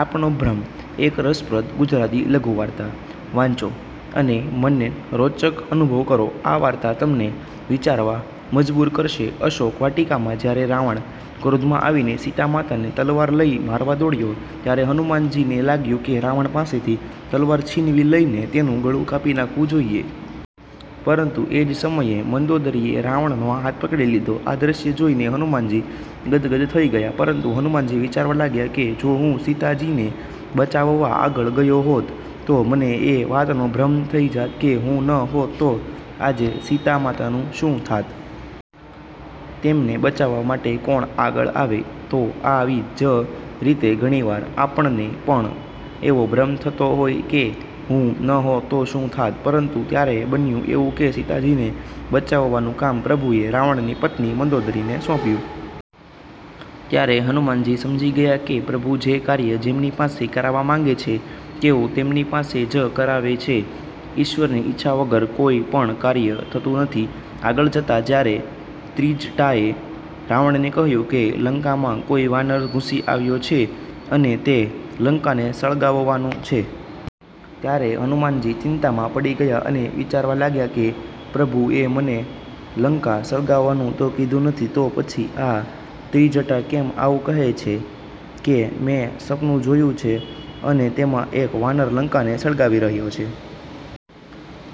આપણો ભ્રમ: એક રસપ્રદ ગુજરાતી લઘુવાર્તા. વાંચો અને મનરોંચક અનુભવ કરો. આ વાર્તા તમને વિચારવા મજબૂર કરશે. અશોક વાટિકામાં જ્યારે રાવણ ક્રોધમાં આવીને સીતા માતાને તલવાર લઈ મારવા દોડ્યો, ત્યારે હનુમાનજીને લાગ્યું કે રાવણ પાસેથી તલવાર છીનવી લઈને, તેનું ગળું કાપી નાખવું જોઈએ. પરંતુ, એ જ સમયે મંદોદરીએ રાવણ નો હાથ પકડી લીધો. આ દ્રશ્ય જોઈને હનુમાનજી ગદગદ થઈ ગયા. પરંતુ હનુમાનજી વિચારવા લાગ્યા કે, "જો હું સીતાજીને બચાવવા આગળ ગયો હોત, તો મને એ વાતનો ભ્રમ થઈ જાત કે, હું ન હોત તો આજે સીતા માતાનું શું થાત? તેમને બચાવવા માટે કોણ આગળ આવે? " તો આવી જ રીતે ઘણીવાર આપણને પણ એવો ભ્રમ થતો હોય છે કે હું ન હોત તો શું થાત? પરંતુ ત્યારે બન્યું એવું કે સીતાજીને બચાવવાનું કામ પ્રભુએ રાવણની પત્ની મંદોદરીને સોપ્યું. ત્યારે હનુમાનજી સમજી ગયા કે, " પ્રભુ જે કાર્ય જેમની પાસે કરાવવા માંગે છે, તેઓ તેમની પાસે જ કરાવે છે. " ઈશ્વરની ઈચ્છા વગર કોઈ પણ કાર્ય થતું નથી. આગળ જતા જ્યારે ત્રીજટાએ રાવણને કહ્યું કે, " લંકામાં કોઈ વાનર ઘુસી આવ્યો છે અને તે લંકાને સળગાવવાનો છે. " ત્યારે હનુમાનજી ચિંતામાં પડી ગયા અને વિચારવા લાગ્યા કે, " પ્રભુ એ મને લંકા સળગાવવાનું તો કીધું નથી. તો પછી આ ત્રીજટા કેમ આવું કહે છે કે, મેં સપનું જોયું છે અને તેમાં એક વાનર લંકા ને સળગાવી રહ્યો છે.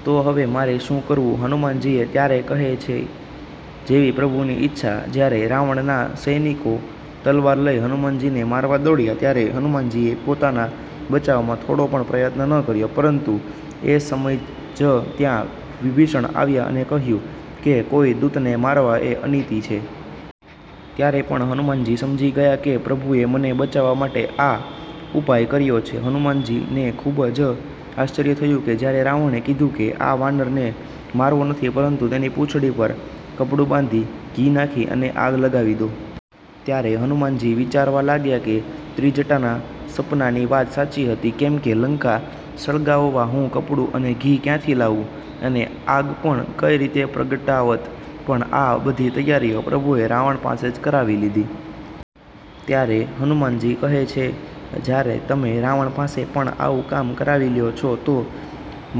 તો હવે મારે શું કરવું? હનુમાનજી એ ત્યારે કહે છે જેવી પ્રભુ ની ઈચ્છા. જ્યારે રાવણ નાં સૈનિકો તલવાર લઈ હનુમાનજીને મારવા દોડ્યા, ત્યારે હનુમાનજીએ પોતાના બચાવમાં થોડો પણ પ્રયત્ન ન કર્યો. પરંતુ એ સમય જ ત્યાં વિભીષણ આવ્યા અને કહ્યું કે, કોઈ દૂતને મારવા એ અનીતિ છે. ત્યારે પણ હનુમાનજી સમજી ગયા કે પ્રભુએ મને બચાવવા માટે આ ઉપાય કર્યો છે. હનુમાનજી ને ખુબ જ આશ્ચર્ય થયું કે જ્યારે રાવણે કીધું કે, આ વાનર ને મારવો નથી, પરંતુ તેની પૂછડી પર કપડું બાંધી, ઘી નાખી અને આગ લગાવી દો. ત્યારે હનુમાનજી વિચારવા લાગ્યા કે ત્રીજટાના સપનાની વાત સાચી હતી. કેમ કે લંકા સળગાવવા હું કપડું અને ઘી ક્યાંથી લાવું? અને આગ પણ કંઈ રીતે પ્રગટાવત? પણ આ બધી તૈયારીઓ પ્રભુએ રાવણ પાસે જ કરાવી લીધી. ત્યારે હનુમાનજી કહે છે, જ્યારે તમે રાવણ પાસે પણ આવું કામ કરાવી લ્યો છો, તો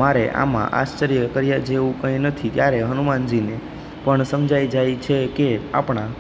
મારે આમાં આશ્વર્ય કર્યા જેવું કંઈ નથી. ત્યારે હનુમાનજી ને પણ સમજાય જાય છે કે આપણા